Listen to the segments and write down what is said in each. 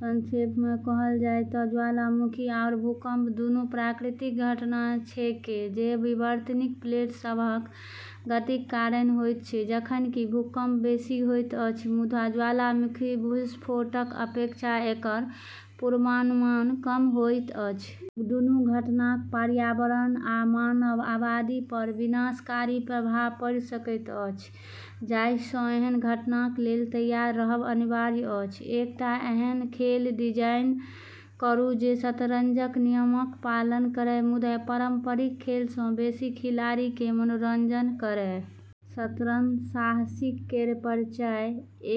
संक्षेपमे कहल जाय तऽ ज्वालामुखी आओर भूकंप दूनू प्राकृतिक घटना छेकै जे विवर्तनिक प्लेट सभक गतिक कारण होइत छै। जखन कि भूकंप बेसी होइत अछि मुदा ज्वालामुखी विस्फोटक अपेक्षा एकर पूर्वानुमान कम होइत अछि। दूनू घटनाक पर्यावरण आ मानव आबादीपर विनाशकारी प्रभाव पड़ि सकैत अछि जाहिसँ एहन घटनाक लेल तैयार रहब अनिवार्य अछि। एकटा एहन खेल डिजाइन करू जे शतरंजक नियमक पालन करए मुदा पारंपरिक खेलसँ बेसी खिलाड़ीकेँ मनोरंजन करए। शतरंज साहसिक केर परिचय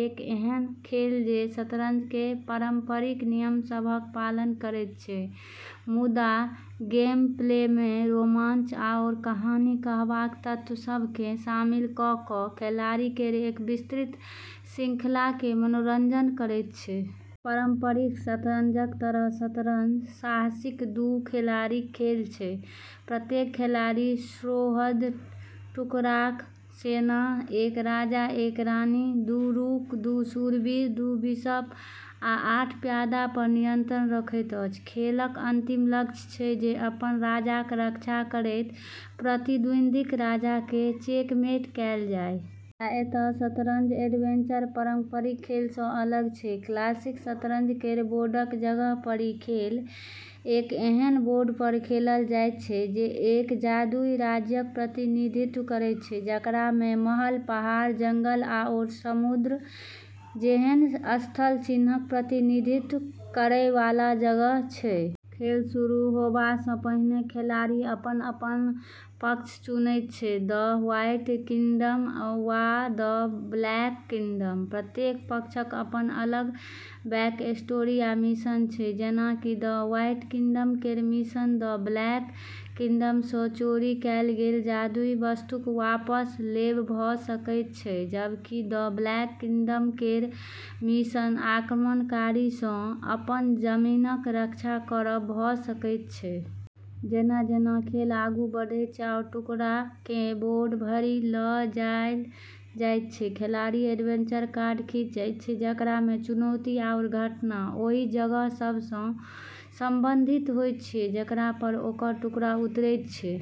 एक एहन खेल जे शतरंज केर पारंपरिक नियम सभक पालन करैत छै मुदा गेमप्लेमे रोमांच आओर कहानी कहबैक तत्व सभकेँ शामिल कऽ कऽ खिलाड़ी केर एक विस्तृत श्रृंखलाकेँ मनोरंजन करैत छै। पारंपरिक शतरंजक तरह शतरंज साहसिक दू खिलाड़ीक खेल छै। प्रत्येक खिलाड़ी सोह्र टुकड़ाक सेना एक राजा एक रानी दू रूक दू शूरवीर दू बिशप आ आठ प्यादा पर नियंत्रण रखैत अछि। खेलक अंतिम लक्ष्य छै जे अपन राजाक रक्षा करैत प्रतिद्वंदीक राजाकेँ चेकमेट कएल जाय। मुदा एतय शतरंज एडवेंचर पारंपरिक खेलसँ अलग छै। क्लासिक शतरंज केर बोर्डक जगहपर ई खेल एक एहन बोर्डपर खेलल जाइत छै जे एक जादुई राज्यक प्रतिनिधित्व करैत छै जेकरामे महल पहाड़ जंगल आओर समुद्र जेहन स्थलचिह्नक प्रतिनिधित्व करैवाला जगह छै। खेल शुरू होबासँ पहिने खिलाड़ी अपन अपन पक्ष चुनैत छै द व्हाइट किंगडम वा द ब्लैक किंगडम। प्रत्येक पक्षक अपन अलग बैकस्टोरी आ मिशन छै। जेना कि द व्हाइट किंगडम केर मिशन द ब्लैक किंगडमसँ चोरी कएल गेल जादुई वस्तुकेँ वापस लेब भऽ सकैत छै जबकि द ब्लैक किंगडम केर मिशन आक्रमणकारीसँ अपन जमीनक रक्षा करब भऽ सकैत छै। जेना जेना खेल आगू बढ़ैत छै आओर टुकड़ाकेँ बोर्ड भरिमे लऽ जायल जाइत छै खिलाड़ी एडवेंचर कार्ड खींचैत छै जेकरामे चुनौती आओर घटना ओहि जगह सभसँ संबंधित होइत छै जेकरापर ओकर टुकड़ा उतरैत छै।